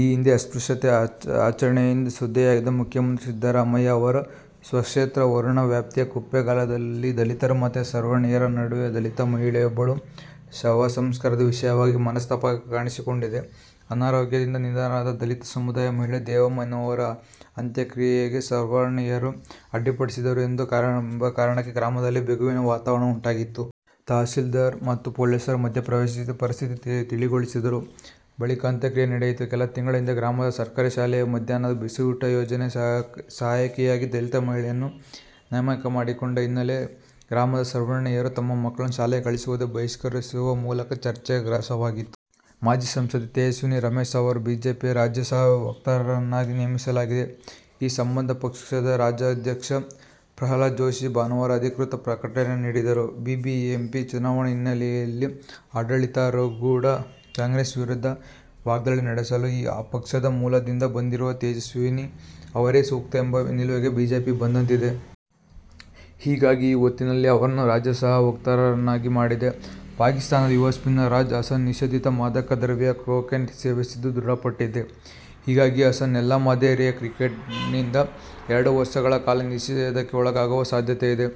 ಈ ಹಿಂದೆ ಅಸ್ಪ್ರುಶ್ಯತೆ ಆಚರಣೆಯಿಂದ ಸುದ್ದಿಯಾಗಿದ್ದ ಮುಖ್ಯಮಂತ್ರಿ ಸಿದ್ದರಾಮಯ್ಯ ಅವರ ಸ್ವಕ್ಷೇತ್ರ ವರುಣ ವ್ಯಾಪ್ತಿಯ ಕುಪ್ಪೇಗಾಲದಲ್ಲಿ ದಲಿತರು ಮತ್ತು ಸವರ್ಣೀಯರ ನಡುವೆ ದಲಿತ ಮಹಿಳೆಯೊಬ್ಬಳ ಶವ ಸಂಸ್ಕಾರದ ವಿಷಯವಾಗಿ ಮನಸ್ತಾಪ ಕಾಣಿಸಿಕೊಂಡಿದೆ. ಅನಾರೋಗ್ಯದಿಂದ ನಿಧನರಾದ ದಲಿತ ಸಮುದಾಯದ ಮಹಿಳೆ ದೇವಮ್ಮ ಎನ್ನುವವರ ಅಂತ್ಯಕ್ರಿಯೆಗೆ ಸವರ್ಣೀಯರು ಅಡ್ಡಿಪಡಿಸಿದರು ಎಂಬ ಕಾರಣಕ್ಕೆ ಗ್ರಾಮದಲ್ಲಿ ಬಿಗುವಿನ ವಾತಾವರಣ ಉಂಟಾಗಿತ್ತು. ತಹಶೀಲ್ದಾರ್ ಮತ್ತು ಪೊಲೀಸರ ಮಧ್ಯಪ್ರವೇಶಿಸಿ ಪರಿಸ್ಥಿತಿ ತಿಳಿಗೊಳಿಸಿದರು. ಬಳಿಕ ಅಂತ್ಯಕ್ರಿಯೆ ನಡೆಯಿತು. ಕೆಲ ತಿಂಗಳ ಹಿಂದೆ ಗ್ರಾಮದ ಸರ್ಕಾರಿ ಶಾಲೆಯಲ್ಲಿ ಮಧ್ಯಾಹ್ನದ ಬಿಸಿಯೂಟ ಯೋಜನೆಯ ಸಹಾಯಕಿಯಾಗಿ ದಲಿತ ಮಹಿಳೆಯನ್ನು ನೇಮಕ ಮಾಡಿಕೊಂಡ ಹಿನ್ನೆಲೆಯಲ್ಲಿ ಗ್ರಾಮದ ಸವರ್ಣೀಯರು ತಮ್ಮ ಮಕ್ಕಳನ್ನು ಶಾಲೆಗೆ ಕಳುಹಿಸದೆ ಬಹಿಷ್ಕರಿಸುವ ಮೂಲಕ ಚರ್ಚೆಗೆ ಗ್ರಾಸವಾಗಿತ್ತು. ಮಾಜಿ ಸಂಸದೆ ತೇಜಸ್ವಿನಿ ರಮೇಶ್ ಅವರನ್ನು ಬಿಜೆಪಿಯ ರಾಜ್ಯ ಸಹ ವಕ್ತಾರರನ್ನಾಗಿ ನೇಮಿಸಲಾಗಿದೆ. ಈ ಸಂಬಂಧ ಪಕ್ಷದ ರಾಜ್ಯಾಧ್ಯಕ್ಷ ಪ್ರಹ್ಲಾದ್ ಜೋಶಿ ಭಾನುವಾರ ಅಧಿಕೃತ ಪ್ರಕಟಣೆ ನೀಡಿದ್ದಾರೆ. ಬಿಬಿಎಂಪಿ ಚುನಾವಣೆ ಹಿನ್ನೆಲೆಯಲ್ಲಿ ಆಡಳಿತಾರೂಢ ಕಾಂಗ್ರೆಸ್ ವಿರುದ್ಧ ವಾಗ್ಧಾಳಿ ನಡೆಸಲು ಆ ಪಕ್ಷದ ಮೂಲದಿಂದ ಬಂದಿರುವ ತೇಜಸ್ವಿನಿ ಅವರೇ ಸೂಕ್ತ ಎಂಬ ನಿಲುವಿಗೆ ಬಿಜೆಪಿ ಬಂದಂತಿದೆ. ಹೀಗಾಗಿ ಈ ಹೊತ್ತಿನಲ್ಲಿ ಅವರನ್ನು ರಾಜ್ಯ ಸಹ ವಕ್ತಾರರನ್ನಾಗಿ ಮಾಡಿದೆ. ಪಾಕಿಸ್ಥಾನದ ಯುವ ಸ್ಪಿನ್ನರ್ ರಜಾ ಹಸನ್ ನಿಷೇಧಿತ ಮಾದಕ ದ್ರವ್ಯ ಕೊಕೇನ್ ಸೇವಿಸಿದ್ದು ದೃಢಪಟ್ಟಿದೆ. ಹೀಗಾಗಿ ಹಸನ್ ಎಲ್ಲ ಮಾದರಿಯ ಕ್ರಿಕೆಟ್ನಿಂದ ಎರಡು ವರ್ಷಗಳ ಕಾಲ ನಿಷೇಧಕ್ಕೆ ಒಳಗಾಗುವ ಸಾಧ್ಯತೆ ಇದೆ.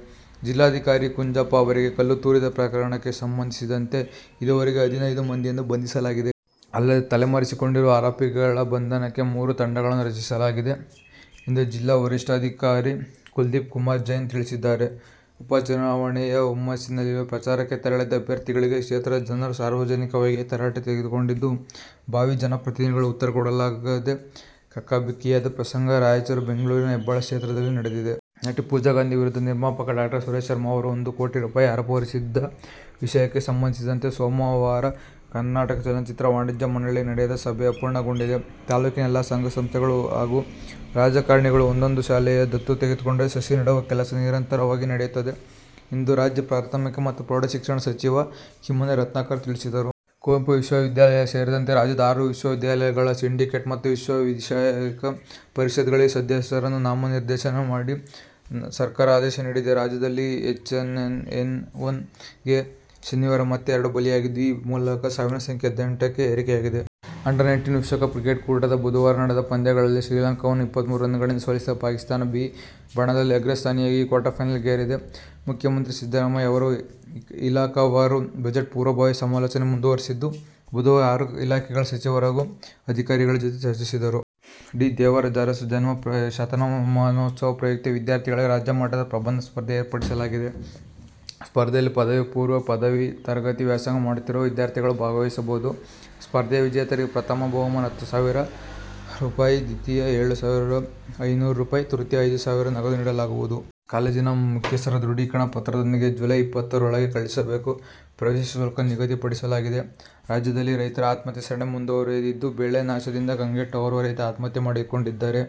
ಜಿಲ್ಲಾಧಿಕಾರಿ ಕುಂಜಪ್ಪ ಅವರಿಗೆ ಕಲ್ಲು ತೂರಿದ ಪ್ರಕರಣಕ್ಕೆ ಸಂಬಂಧಿಸಿದಂತೆ ಇದುವರೆಗೆ ಹದಿನೈದು ಮಂದಿಯನ್ನು ಬಂಧಿಸಲಾಗಿದೆ. ಅಲ್ಲದೇ ತಲೆ ಮರೆಸಿಕೊಂಡಿರುವ ಆರೋಪಿಗಳ ಬಂಧನಕ್ಕೆ ಮೂರು ತಂಡಗಳನ್ನು ರಚಿಸಲಾಗಿದೆ ಎಂದು ಜಿಲ್ಲಾ ವರಿಷ್ಠಾಧಿಕಾರಿ ಕುಲದೀಪ್ ಕುಮಾರ್ ಜೈನ್ ತಿಳಿಸಿದ್ದಾರೆ. ಉಪಚುನಾವಣೆ ಹುಮ್ಮಸ್ಸಿನಲ್ಲಿ ಪ್ರಚಾರಕ್ಕೆ ತೆರಳಿದ್ದ ಅಭ್ಯರ್ಥಿಗಳಿಗೆ ಕ್ಷೇತ್ರದ ಜನರು ಸಾರ್ವಜನಿಕವಾಗಿಯೇ ತರಾಟೆಗೆ ತೆಗೆದುಕೊಂಡಿದ್ದು, ಭಾವಿ ಜನಪ್ರತಿನಿಧಿಗಳು ಉತ್ತರಕೊಡಲಾಗದೆ ಕಕ್ಕಾಬಿಕ್ಕಿಯಾದ ಪ್ರಸಂಗ ರಾಯಚೂರು, ಬೆಂಗಳೂರಿನ ಹೆಬ್ಬಾಳ ಕ್ಷೇತ್ರದಲ್ಲಿ ನಡೆದಿದೆ. ನಟಿ ಪೂಜಾಗಾಂಧಿ ವಿರುದ್ಧ ನಿರ್ಮಾಪಕ ಡಾ. ಸುರೇಶ್ ಶರ್ಮ ಅವರು ಒಂದು ಕೋಟಿ ರೂಪಾಯಿ ಆರೋಪ ಹೊರಿಸಿದ್ದ ವಿಷಯಕ್ಕೆ ಸಂಬಂಧಿಸಿದಂತೆ, ಸೋಮವಾರ ಕರ್ನಾಟಕ ಚಲನಚಿತ್ರ ವಾಣಿಜ್ಯ ಮಂಡಳಿಯಲ್ಲಿ ನಡೆಸಿದ ಸಭೆ ಅಪೂರ್ಣಗೊಂಡಿದೆ. ತಾಲೂಕಿನ ಎಲ್ಲಾ ಸಂಘ ಸಂಸ್ಥೆಗಳು ಹಾಗೂ ರಾಜಕಾರಣಿಗಳು ಒಂದೊಂದು ಶಾಲೆಯನ್ನು ದತ್ತು ತೆಗೆದುಕೊಂಡರೆ ಸಸಿ ನೆಡುವ ಕೆಲಸ ನಿರಂತರವಾಗಿ ನಡೆಯುತ್ತದೆ ಎಂದು ರಾಜ್ಯ ಪ್ರಾಥಮಿಕ ಮತ್ತು ಪ್ರೌಢ ಶಿಕ್ಷಣ ಸಚಿವ ಕಿಮ್ಮನೆ ರತ್ನಾಕರ್ ತಿಳಿಸಿದರು. ಕುವೆಂಪು ವಿಶ್ವ ವಿದ್ಯಾಲಯ ಸೇರಿದಂತೆ ರಾಜ್ಯದ ಆರು ವಿಶ್ವವಿದ್ಯಾಲಯಗಳ ಸಿಂಡಿಕೇಟ್ ಮತ್ತು ವಿದ್ಯಾವಿಷಯಕ ಪರಿಷತ್ಗಳಿಗೆ ಸದಸ್ಯರನ್ನು ನಾಮನಿರ್ದೇಶನ ಮಾಡಿ ಸರ್ಕಾರ ಆದೇಶ ನೀಡಿದೆ. ರಾಜ್ಯದಲ್ಲಿ ಎಚ್ ಒನ್ ಎನ್ ಒನ್ ಗೆ ಶನಿವಾರ ಮತ್ತೆ ಎರಡು ಬಲಿಯಾಗಿದ್ದು, ಈ ಮೂಲಕ ಸಾವಿನ ಸಂಖ್ಯೆ ಹದಿನೆಂಟಕ್ಕೆ ಏರಿಕೆಯಾಗಿದೆ. ಅಂಡರ್-ನೈಂಟೀನ್ ವಿಶ್ವಕಪ್ ಕ್ರಿಕೆಟ್ ಕೂಟದ ಬುಧವಾರ ನಡೆದ ಪಂದ್ಯದಲ್ಲಿ ಶ್ರೀಲಂಕಾವನ್ನು ಇಪ್ಪತ್ಮೂರು ರನ್ನುಗಳಿಂದ ಸೋಲಿಸಿದ ಪಾಕಿಸ್ಥಾನವು "ಬಿ' ಬಣದಲ್ಲಿ ಅಗ್ರಸ್ಥಾನಿಯಾಗಿ ಕ್ವಾರ್ಟರ್ಫೈನಲ್ ಗೇರಿದೆ. ಮುಖ್ಯಮಂತ್ರಿ ಸಿದ್ದರಾಮಯ್ಯ ಅವರು ಇಲಾಖಾವಾರು ಬಜೆಟ್ ಪೂರ್ವಭಾವಿ ಸಮಾಲೋಚನೆ ಮುಂದುವರಿಸಿದ್ದು, ಬುಧವಾರ ಆರು ಇಲಾಖೆಗಳ ಸಚಿವರು ಹಾಗೂ ಅಧಿಕಾರಿಗಳ ಜತೆ ಚರ್ಚಿಸಿದರು. ಡಿ. ದೇವರಾಜ ಅರಸು ಜನ್ಮ ಶತಮಾನೋತ್ಸವ ಪ್ರಯುಕ್ತ ವಿದ್ಯಾರ್ಥಿಗಳಿಗಾಗಿ ರಾಜ್ಯಮಟ್ಟದ ಪ್ರಬಂಧ ಸ್ಪರ್ಧೆ ಏರ್ಪಡಿಸಲಾಗಿದೆ. ಸ್ಪರ್ಧೆಯಲ್ಲಿ ಪದವಿಪೂರ್ವ ಹಾಗೂ ಪದವಿ ತರಗತಿಯಲ್ಲಿ ವ್ಯಾಸಂಗ ಮಾಡುತ್ತಿರುವ ವಿದ್ಯಾರ್ಥಿಗಳು ಭಾಗವಹಿಸಬಹುದು. ಸ್ಪರ್ಧೆಯಲ್ಲಿ ವಿಜೇತರಾದವರಿಗೆ ಪ್ರಥಮ ಬಹುಮಾನ ಹತ್ತು ಸಾವಿರ ರೂಪಾಯಿ ದ್ವಿತೀಯ ಏಳು ಸಾವಿರದ ಐನೂರು ರೂಪಾಯಿ., ತೃತೀಯ ಐದು ಸಾವಿರ ನಗದು ನೀಡಲಾಗುವುದು. ಕಾಲೇಜಿನ ಮುಖ್ಯಸ್ಥರ ದೃಢೀಕರಣ ಪತ್ರದೊಂದಿಗೆ ಜುಲೈ ಇಪ್ಪತ್ತೇಳರೊಳಗೆ ಕಳುಹಿಸಬೇಕು. ಪ್ರವೇಶ ಶುಲ್ಕ ನಿಗದಿಪಡಿಸಲಾಗಿದೆ. ರಾಜ್ಯದಲ್ಲಿ ರೈತರ ಆತ್ಮಹತ್ಯೆ ಸರಣಿ ಮುಂದುವರಿದಿದ್ದು, ಬೆಳೆ ನಾಶದಿಂದ ಕಂಗೆಟ್ಟು ಓರ್ವ ರೈತ ಆತ್ಮಹತ್ಯೆ ಮಾಡಿಕೊಂಡಿದ್ದರೆ.